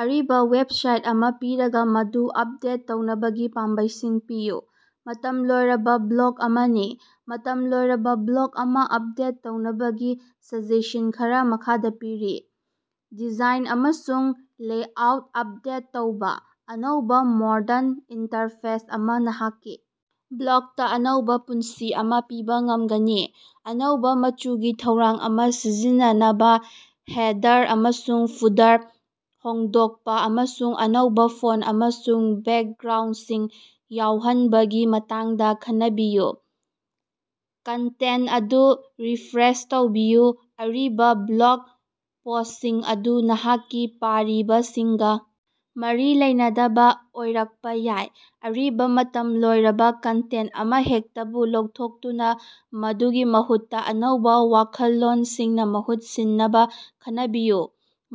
ꯑꯔꯤꯕꯥ ꯋꯦꯕꯁꯥꯏꯠ ꯑꯃꯥ ꯄꯤꯔꯒꯥ, ꯃꯗꯨ ꯑꯞꯗꯦꯠ ꯇꯧꯅꯕꯒꯤ ꯄꯥꯝꯕꯩꯁꯤꯡ ꯄꯤꯌꯨ꯫ ꯃꯇꯝ ꯂꯣꯏꯔꯕꯥ ꯕ꯭ꯂꯣꯛ ꯑꯃꯅꯤ꯫ ꯃꯇꯝ ꯂꯣꯏꯔꯕꯥ ꯕ꯭ꯂꯣꯛ ꯑꯃꯥ ꯑꯞꯗꯦꯠ ꯇꯧꯅꯕꯒꯤ ꯁꯖꯦꯁꯟ ꯈꯔꯥ ꯃꯈꯥꯗꯥ ꯄꯤꯔꯤ: ꯗꯤꯖꯥꯏꯟ ꯑꯃꯁꯨꯡ ꯂꯦꯑꯥꯎꯠ ꯑꯞꯗꯦꯠ ꯇꯧꯕꯥ: ꯑꯅꯧꯕꯥ, ꯃꯣꯔꯗꯟ ꯏꯟꯇꯔꯐꯦꯁ ꯑꯃ ꯅꯍꯥꯛꯀꯤ ꯕ꯭ꯂꯣꯛꯇꯥ ꯑꯅꯧꯕꯥ ꯄꯨꯟꯁꯤ ꯑꯃꯥ ꯄꯤꯕꯥ ꯉꯝꯒꯅꯤ꯫ ꯑꯅꯧꯕꯥ ꯃꯆꯨꯒꯤ ꯊꯧꯔꯥꯡ ꯑꯃꯥ ꯁꯤꯖꯤꯟꯅꯅꯕꯥ, ꯍꯦꯗꯔ ꯑꯃꯁꯨꯡ ꯐꯨꯇꯔ ꯍꯣꯡꯗꯣꯛꯄꯥ ꯑꯃꯁꯨꯡ ꯑꯅꯧꯕꯥ ꯐꯣꯟ ꯑꯃꯁꯨꯡ ꯕꯦꯛꯒ꯭ꯔꯥꯎꯟꯗꯁꯤꯡ ꯌꯥꯎꯍꯟꯕꯒꯤ ꯃꯇꯥꯡꯗꯥ ꯈꯟꯅꯕꯤꯌꯨ꯫ ꯀꯟꯇꯦꯟ ꯑꯗꯨ ꯔꯤꯐ꯭ꯔꯦꯁ ꯇꯧꯕꯤꯌꯨ: ꯑꯔꯤꯕꯥ ꯕ꯭ꯂꯣꯛ ꯄꯣꯁꯁꯤꯡ ꯑꯗꯨ ꯅꯍꯥꯛꯀꯤ ꯄꯥꯔꯤꯕꯁꯤꯡꯒꯥ ꯃꯔꯤ ꯂꯩꯅꯗꯕꯥ ꯑꯣꯏꯔꯛꯄꯥ ꯌꯥꯏ꯫ ꯑꯔꯤꯕꯥ, ꯃꯇꯝ ꯂꯣꯏꯔꯕꯥ ꯀꯟꯇꯦꯟ ꯑꯃꯍꯦꯛꯇꯕꯨ ꯂꯧꯊꯣꯛꯇꯨꯅꯥ ꯃꯗꯨꯒꯤ ꯃꯍꯨꯠꯇꯥ ꯑꯅꯧꯕꯥ ꯋꯥꯈꯜꯂꯣꯟꯁꯤꯡꯅꯥ ꯃꯍꯨꯠ ꯁꯤꯟꯅꯕꯥ ꯈꯟꯅꯕꯤꯌꯨ꯫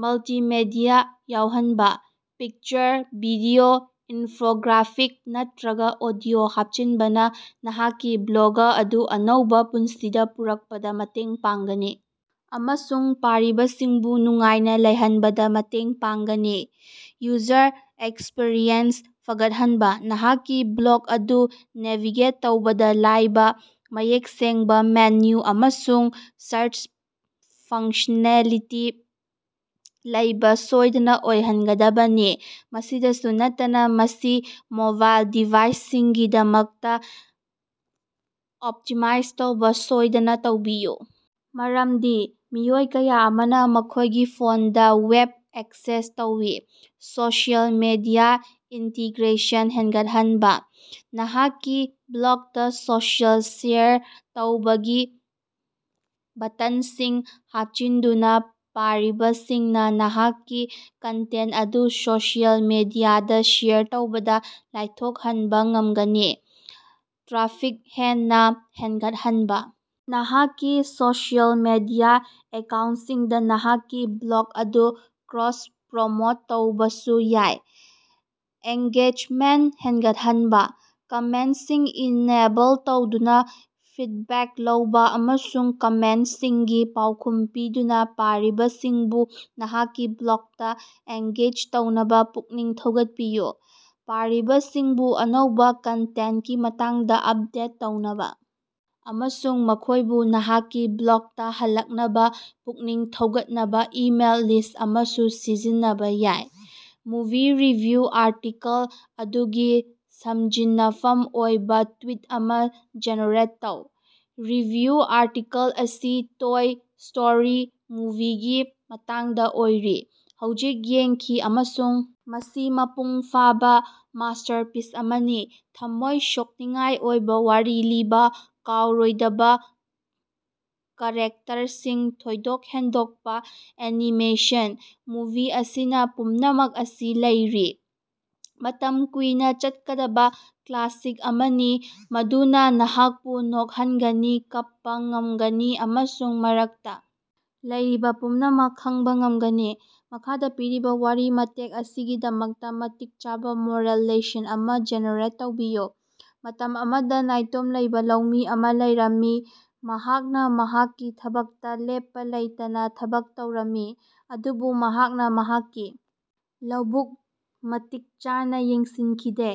ꯃꯜꯇꯤꯃꯦꯗꯤꯌꯥ ꯌꯥꯎꯍꯟꯕꯥ: ꯄꯤꯛꯆꯔ, ꯚꯤꯗꯤꯑꯣ, ꯏꯟꯐꯣꯒ꯭ꯔꯥꯐꯤꯛ ꯅꯠꯇ꯭ꯔꯒꯥ ꯑꯣꯗꯤꯑꯣ ꯍꯥꯞꯆꯤꯟꯕꯅꯥ ꯅꯍꯥꯛꯀꯤ ꯕ꯭ꯂꯣꯒ ꯑꯗꯨ ꯑꯅꯧꯕꯥ ꯄꯨꯟꯁꯤꯗꯥ ꯄꯨꯔꯛꯄꯗꯥ ꯃꯇꯦꯡ ꯄꯥꯡꯒꯅꯤ ꯑꯃꯁꯨꯡ ꯄꯥꯔꯤꯕꯁꯤꯡꯕꯨ ꯅꯨꯡꯉꯥꯏꯅꯥ ꯂꯩꯍꯟꯕꯗꯥ ꯃꯇꯦꯡ ꯄꯥꯡꯒꯅꯤ꯫ ꯌꯨꯖꯔ ꯑꯦꯛꯁꯄꯤꯔꯤꯑꯦꯟꯁ ꯐꯒꯠꯍꯟꯕꯥ: ꯅꯍꯥꯛꯀꯤ ꯕ꯭ꯂꯣꯛ ꯑꯗꯨ ꯅꯦꯚꯤꯒꯦꯠ ꯇꯧꯕꯗꯥ ꯂꯥꯏꯕꯥ, ꯃꯌꯦꯛ ꯁꯦꯡꯕꯥ ꯃꯦꯅꯨ ꯑꯃꯁꯨꯡ ꯁꯥꯔꯆ ꯐꯪꯁ꯭ꯅꯦꯂꯤꯇꯤ ꯂꯩꯕꯥ ꯁꯣꯏꯗꯅꯥ ꯑꯣꯏꯍꯟꯒꯗꯕꯅꯤ꯫ ꯃꯁꯤꯗꯁꯨ ꯅꯠꯇꯅꯥ, ꯃꯁꯤ ꯃꯣꯕꯥꯏꯜ ꯗꯤꯚꯥꯏꯁꯁꯤꯡꯒꯤꯗꯃꯛꯇꯥ ꯑꯣꯞꯇꯤꯃꯥꯏꯖ ꯇꯧꯕꯥ ꯁꯣꯏꯗꯅꯥ ꯇꯧꯕꯤꯌꯨ, ꯃꯔꯝꯗꯤ ꯃꯤꯑꯣꯏ ꯀꯌꯥ ꯑꯃꯅꯥ ꯃꯈꯣꯏꯒꯤ ꯐꯣꯟꯗꯥ ꯋꯦꯕ ꯑꯦꯛꯁꯦꯁ ꯇꯧꯏ꯫ ꯁꯣꯁꯤꯑꯦꯜ ꯃꯤꯗꯤꯌꯥ ꯏꯟꯇꯤꯒ꯭ꯔꯦꯁꯟ ꯍꯦꯟꯒꯠꯍꯟꯕꯥ: ꯅꯍꯥꯛꯀꯤ ꯕ꯭ꯂꯣꯛꯇꯥ ꯁꯣꯁꯤꯑꯦꯜ ꯁꯦꯌꯔ ꯇꯧꯕꯒꯤ ꯕꯇꯟꯁꯤꯡ ꯍꯥꯞꯆꯤꯟꯗꯨꯅꯥ ꯄꯥꯔꯤꯕꯁꯤꯡꯅꯥ ꯅꯍꯥꯛꯀꯤ ꯀꯟꯇꯦꯟ ꯑꯗꯨ ꯁꯣꯁꯤꯑꯦꯜ ꯃꯤꯗꯤꯌꯥꯗꯥ ꯁꯦꯌꯔ ꯇꯧꯕꯗꯥ ꯂꯥꯏꯊꯣꯛꯍꯟꯕꯥ ꯉꯝꯒꯅꯤ꯫ ꯇ꯭ꯔꯥꯐꯤꯛ ꯍꯦꯟꯅꯥ ꯍꯦꯟꯒꯠꯍꯟꯅꯕꯥ ꯅꯍꯥꯛꯀꯤ ꯁꯣꯁꯤꯑꯦꯜ ꯃꯤꯗꯤꯌꯥ ꯑꯦꯀꯥꯎꯟꯁꯤꯡꯗꯥ ꯅꯍꯥꯛꯀꯤ ꯕ꯭ꯂꯣꯛ ꯑꯗꯨ ꯀ꯭ꯔꯣꯁ-ꯄ꯭ꯔꯣꯃꯣꯠ ꯇꯧꯕꯁꯨ ꯌꯥꯏ꯫ꯑꯦꯡꯒꯦꯖꯃꯦꯟꯇ ꯍꯦꯟꯒꯠꯍꯟꯕꯥ: ꯀꯃꯦꯟꯁꯤꯡ ꯏꯅꯦꯕꯜ ꯇꯧꯗꯨꯅꯥ, ꯐꯤꯠꯕꯦꯛ ꯂꯧꯕꯥ ꯑꯃꯁꯨꯡ ꯀꯃꯦꯟꯇꯁꯤꯡꯒꯤ ꯄꯥꯎꯈꯨꯝ ꯄꯤꯗꯨꯅꯥ ꯄꯥꯔꯤꯕꯁꯤꯡꯕꯨ ꯅꯍꯥꯛꯀꯤ ꯕ꯭ꯂꯣꯛꯇꯥ ꯑꯦꯡꯒꯦꯖ ꯇꯧꯅꯕꯥ ꯄꯨꯛꯅꯤꯡ ꯊꯧꯒꯠꯄꯤꯌꯨ꯫ ꯄꯥꯔꯤꯕꯁꯤꯡꯕꯨ ꯑꯅꯧꯕꯥ ꯀꯟꯇꯦꯟꯀꯤ ꯃꯇꯥꯡꯗꯥ ꯑꯞꯗꯦꯠ ꯇꯧꯅꯕꯥ ꯑꯃꯁꯨꯡ ꯃꯈꯣꯏꯕꯨ ꯅꯍꯥꯛꯀꯤ ꯕ꯭ꯂꯣꯛꯇꯥ ꯍꯜꯂꯛꯅꯕꯥ ꯄꯨꯛꯅꯤꯡ ꯊꯧꯒꯠꯅꯕꯥ ꯏꯃꯦꯜ ꯂꯤꯁ ꯑꯃꯁꯨ ꯁꯤꯖꯤꯟꯅꯕꯥ ꯌꯥꯏ꯫ ꯃꯨꯚꯤ ꯔꯤꯚꯤꯌꯨ ꯑꯥꯔꯇꯤꯀꯜ ꯑꯗꯨꯒꯤ ꯁꯝꯖꯤꯟꯅꯐꯝ ꯑꯣꯏꯕꯥ ꯇ꯭ꯋꯤꯠ ꯑꯃꯥ ꯖꯦꯅꯦꯔꯦꯠ ꯇꯧ꯫ ꯔꯤꯚꯤꯌꯨ ꯑꯥꯔꯇꯤꯀꯜ ꯑꯁꯤ ꯇꯣꯏ ꯁ꯭ꯇꯣꯔꯤ ꯃꯨꯚꯤꯒꯤ ꯃꯇꯥꯡꯗꯥ ꯑꯣꯏꯔꯤ꯫ ꯍꯧꯖꯤꯛ ꯌꯦꯡꯈꯤ ꯑꯃꯁꯨꯡ ꯃꯁꯤ ꯃꯄꯨꯡ ꯐꯥꯕ ꯃꯥꯁ꯭ꯇꯔꯄꯤꯁ ꯑꯃꯅꯤ꯫ ꯊꯝꯃꯣꯏ ꯁꯣꯛꯅꯤꯡꯉꯥꯏ ꯑꯣꯏꯕꯥ ꯋꯥꯔꯤ ꯂꯤꯕꯥ, ꯀꯥꯎꯔꯣꯏꯗꯕꯥ ꯀꯥꯔꯦꯛꯇꯔꯁꯤꯡ, ꯊꯣꯏꯗꯣꯛ ꯍꯦꯟꯗꯣꯛꯄꯥ ꯑꯦꯅꯤꯃꯦꯁꯟ – ꯃꯨꯚꯤ ꯑꯁꯤꯅꯥ ꯄꯨꯝꯅꯃꯛ ꯑꯁꯤ ꯂꯩꯔꯤ꯫ ꯃꯇꯝ ꯀꯨꯏꯅꯥ ꯆꯠꯀꯗꯕꯥ ꯀ꯭ꯂꯥꯁꯤꯛ ꯑꯃꯅꯤ ꯃꯗꯨꯅꯥ ꯅꯍꯥꯛꯄꯨ ꯅꯣꯛꯍꯟꯒꯅꯤ, ꯀꯞꯄꯥ ꯉꯝꯒꯅꯤ ꯑꯃꯁꯨꯡ ꯃꯔꯛꯇꯥ ꯂꯩꯔꯤꯕꯥ ꯄꯨꯝꯅꯃꯛ ꯈꯪꯕ ꯉꯝꯒꯅꯤ꯫ ꯃꯈꯥꯗꯥ ꯄꯤꯔꯤꯕꯥ ꯋꯥꯔꯤ ꯃꯇꯦꯛ ꯑꯁꯤꯒꯤꯗꯃꯛꯇꯥ ꯃꯇꯤꯛ ꯆꯥꯕꯥ ꯃꯣꯔꯦꯜ ꯂꯦꯁꯟ ꯑꯃꯥ ꯖꯦꯅꯦꯔꯦꯠ ꯇꯧꯕꯤꯌꯨ꯫ ꯃꯇꯝ ꯑꯃꯗꯥ ꯅꯥꯏꯇꯣꯝ ꯂꯩꯕꯥ ꯂꯧꯃꯤ ꯑꯃꯥ ꯂꯩꯔꯝꯃꯤ, ꯃꯍꯥꯛꯅꯥ ꯃꯍꯥꯛꯀꯤ ꯊꯕꯛꯇꯥ ꯂꯦꯞꯄꯥ ꯂꯩꯇꯅꯥ ꯊꯕꯛ ꯇꯧꯔꯝꯃꯤ꯫ ꯑꯗꯨꯕꯨ ꯃꯍꯥꯛꯅꯥ ꯃꯍꯥꯛꯀꯤ ꯂꯧꯕꯨꯛ ꯃꯇꯤꯛ ꯆꯥꯅꯥ ꯌꯦꯡꯁꯤꯟꯈꯤꯗꯦ,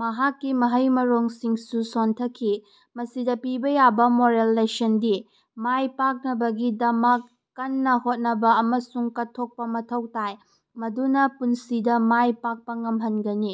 ꯃꯍꯥꯛꯀꯤ ꯃꯍꯩ-ꯃꯔꯣꯡꯁꯤꯡꯁꯨ ꯁꯣꯟꯊꯈꯤ꯫ ꯃꯁꯤꯗ ꯄꯤꯕꯥ ꯌꯥꯕ ꯃꯣꯔꯦꯜ ꯂꯦꯁꯟꯗꯤ ꯃꯥꯏꯄꯥꯛꯅꯕꯒꯤꯗꯃꯛ ꯀꯟꯅꯥ ꯍꯣꯠꯅꯕꯥ ꯑꯃꯁꯨꯡ ꯀꯠꯊꯣꯛꯄꯥ ꯃꯊꯧ ꯇꯥꯏ꯫ ꯃꯥꯗꯨꯅꯥ ꯄꯨꯟꯁꯤꯗꯥ ꯃꯥꯏ ꯄꯥꯛꯄꯥ ꯉꯝꯍꯟꯒꯅꯤ꯫